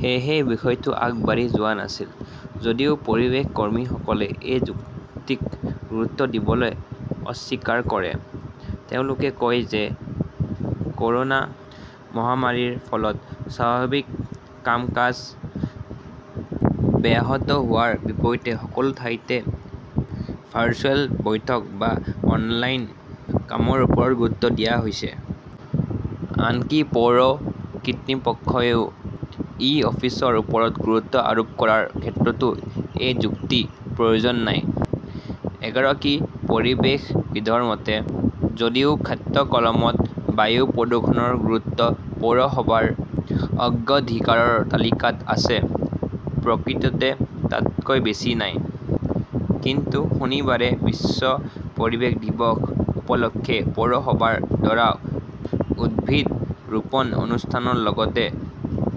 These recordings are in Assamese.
সেয়েহে বিষয়টো আগবাঢ়ি যোৱা নাছিল। যদিও পৰিৱেশ কৰ্মীসকলে এই যুক্তিক গুৰুত্ব দিবলৈ অস্বীকাৰ কৰে। তেওঁলোকে কয় যে ক'ৰোনা মহামাৰীৰ ফলত স্বাভাৱিক কাম-কাজ ব্যাহত হোৱাৰ বিপৰীতে সকলো ঠাইতে ভাৰ্চুৱেল বৈঠক বা অনলাইন কামৰ ওপৰত গুৰুত্ব দিয়া হৈছে। আনকি পৌৰ কৰ্তৃপক্ষইও ই-অফিচৰ ওপৰত গুৰুত্ব আৰোপ কৰাৰ ক্ষেত্ৰতো এই যুক্তিৰ প্ৰয়োজন নাই। এগৰাকী পৰিৱেশবিদৰ মতে, যদিও খাট্টাইকলমত বায়ু প্ৰদূষণৰ গুৰুত্ব পৌৰসভাৰ অগ্ৰাধিকাৰৰ তালিকাত আছে, প্ৰকৃততে তাতকৈ বেছি নাই। কিন্তু শনিবাৰে বিশ্ব পৰিৱেশ দিৱস উপলক্ষে পৌৰসভাৰ দ্বাৰা উদ্ভিদ ৰোপণ অনুষ্ঠানৰ লগতে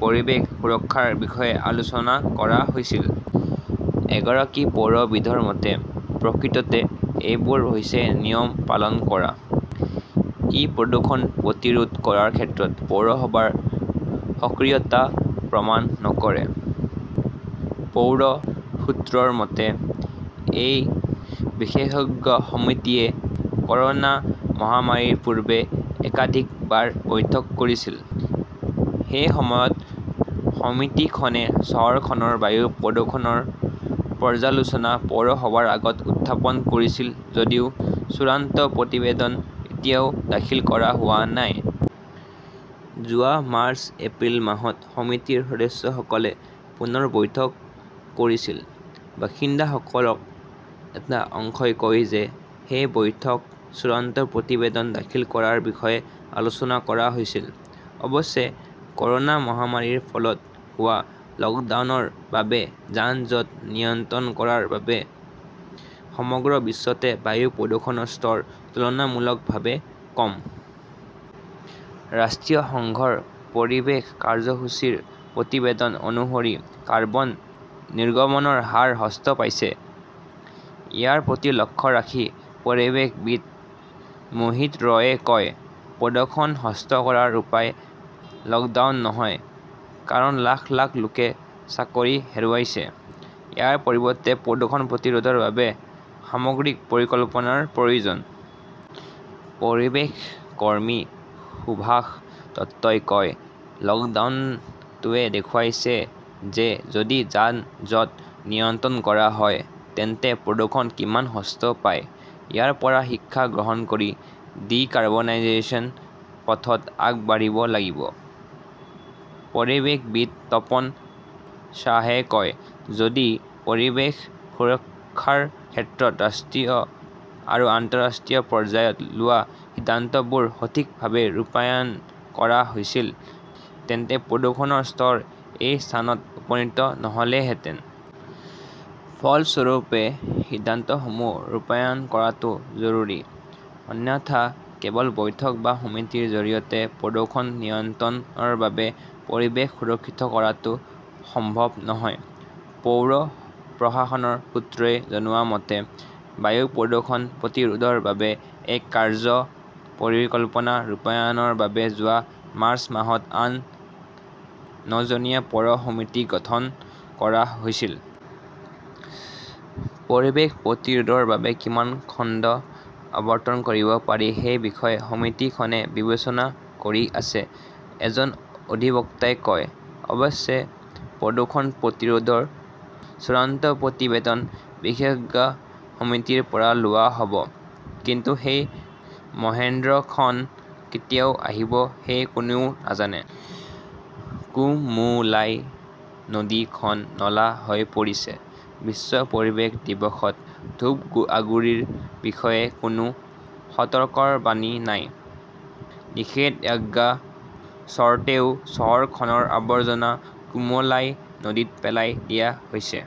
পৰিৱেশ সুৰক্ষাৰ বিষয়ে আলোচনা কৰা হৈছিল। এগৰাকী পৰিৱেশবিদৰ মতে, প্ৰকৃততে এইবোৰ হৈছে নিয়ম পালন কৰা। ই প্ৰদূষণ প্ৰতিৰোধ কৰাৰ ক্ষেত্ৰত পৌৰসভাৰ সক্ৰিয়তা প্ৰমাণ নকৰে। পৌৰ সূত্ৰৰ মতে, সেই বিশেষজ্ঞ সমিতিয়ে ক'ৰোনা মহামাৰীৰ পূৰ্বে একাধিকবাৰ বৈঠক কৰিছিল। সেই সময়ত সমিতিখনে চহৰখনৰ বায়ু প্ৰদূষণৰ পৰ্যালোচনা পৌৰসভাৰ আগত উত্থাপন কৰিছিল যদিও চূড়ান্ত প্ৰতিবেদন এতিয়াও দাখিল কৰা হোৱা নাই। যোৱা মাৰ্চ-এপ্ৰিল মাহত সমিতিৰ সদস্যসকলে পুনৰ বৈঠক কৰিছিল। বাসিন্দাসকলৰ এটা অংশই কয় যে সেই বৈঠকত চূড়ান্ত প্ৰতিবেদন দাখিল কৰাৰ বিষয়ে আলোচনা কৰা হৈছিল। অৱশ্যে, ক'ৰোনা মহামাৰীৰ ফলত হোৱা লকডাউনৰ বাবে যান-জঁট নিয়ন্ত্ৰণ কৰাৰ বাবে সমগ্ৰ বিশ্বতে বায়ু প্ৰদূষণৰ স্তৰ তুলনামূলকভাৱে কম। ৰাষ্ট্ৰসংঘৰ পৰিৱেশ কাৰ্যসূচীৰ প্ৰতিবেদন অনুসৰি কাৰ্বন নিৰ্গমনৰ হাৰ হ্ৰাস পাইছে। ইয়াৰ প্ৰতি লক্ষ্য ৰাখি পৰিৱেশবিদ মোহিত ৰয়ে কয়, প্ৰদূষণ হ্ৰাস কৰাৰ উপায় লকডাউন নহয়। কাৰণ লাখ লাখ লোকে চাকৰি হেৰুৱাইছে। ইয়াৰ পৰিৱৰ্তে প্ৰদূষণ প্ৰতিৰোধৰ বাবে সামগ্ৰিক পৰিকল্পনাৰ প্ৰয়োজন। পৰিৱেশ কৰ্মী সুভাষ দত্তই কয়, লকডাউনটোৱে দেখুৱাইছে যে যদি যান-জঁট নিয়ন্ত্ৰণ কৰা হয় তেন্তে প্ৰদূষণ কিমান হ্ৰাস পায়। ইয়াৰ পৰা শিক্ষা গ্ৰহণ কৰি ডি-কাৰ্বনাইজেশ্যনৰ পথত আগবাঢ়িব লাগিব। পৰিৱেশবিদ তপন সাহাই কয়, যদি পৰিৱেশ সুৰক্ষাৰ ক্ষেত্ৰত ৰাষ্ট্ৰীয় আৰু আন্তঃৰাষ্ট্ৰীয় পৰ্যায়ত লোৱা সিদ্ধান্তবোৰ সঠিকভাৱে ৰূপায়ণ কৰা হৈছিল তেন্তে প্ৰদূষণৰ স্তৰ এই স্থানত উপনীত নহ'লহেঁতেন। ফলস্বৰূপে সিদ্ধান্তসমূহ ৰূপায়ণ কৰাটো জৰুৰী। অন্যথা কেৱল বৈঠক বা সমিতিৰ জৰিয়তে প্ৰদূষণ নিয়ন্ত্ৰণ বা পৰিৱেশ সুৰক্ষিত কৰাটো সম্ভৱ নহয়! পৌৰ প্ৰশাসনৰ সূত্ৰই জনোৱা মতে, বায়ু প্ৰদূষণ প্ৰতিৰোধৰ বাবে এক কাৰ্য্য পৰিকল্পনা ৰূপায়ণৰ বাবে যোৱা মাৰ্চ মাহত আন নজনীয়া পৌৰ সমিতি গঠন কৰা হৈছিল। পৰিৱেশ প্ৰতিৰোধৰ বাবে কিমান খণ্ড আবণ্টন কৰিব পাৰি সেই বিষয়ে সমিতিখনে বিবেচনা কৰি আছে, এজন অধিবক্তাই কয়। অৱশ্যে, প্ৰদূষণ প্ৰতিৰোধৰ চূড়ান্ত প্ৰতিবেদন বিশেষজ্ঞ সমিতিৰ পৰা লোৱা হ'ব। কিন্তু সেই মহেন্দ্ৰক্ষণ কেতিয়া আহিব সেয়া কোনেও নাজানে। কুমুলাই নদী খন নলা হৈ পৰিছে, বিশ্ব পৰিৱেশ দিৱসত ধূপগুড়ীৰ বিষয়ে কোনো সতৰ্কবাণী নাই, নিষেধাজ্ঞা সত্বেও চহৰখনৰ আৱৰ্জনা কুমলাই নদীত পেলাই দিয়া হৈছে।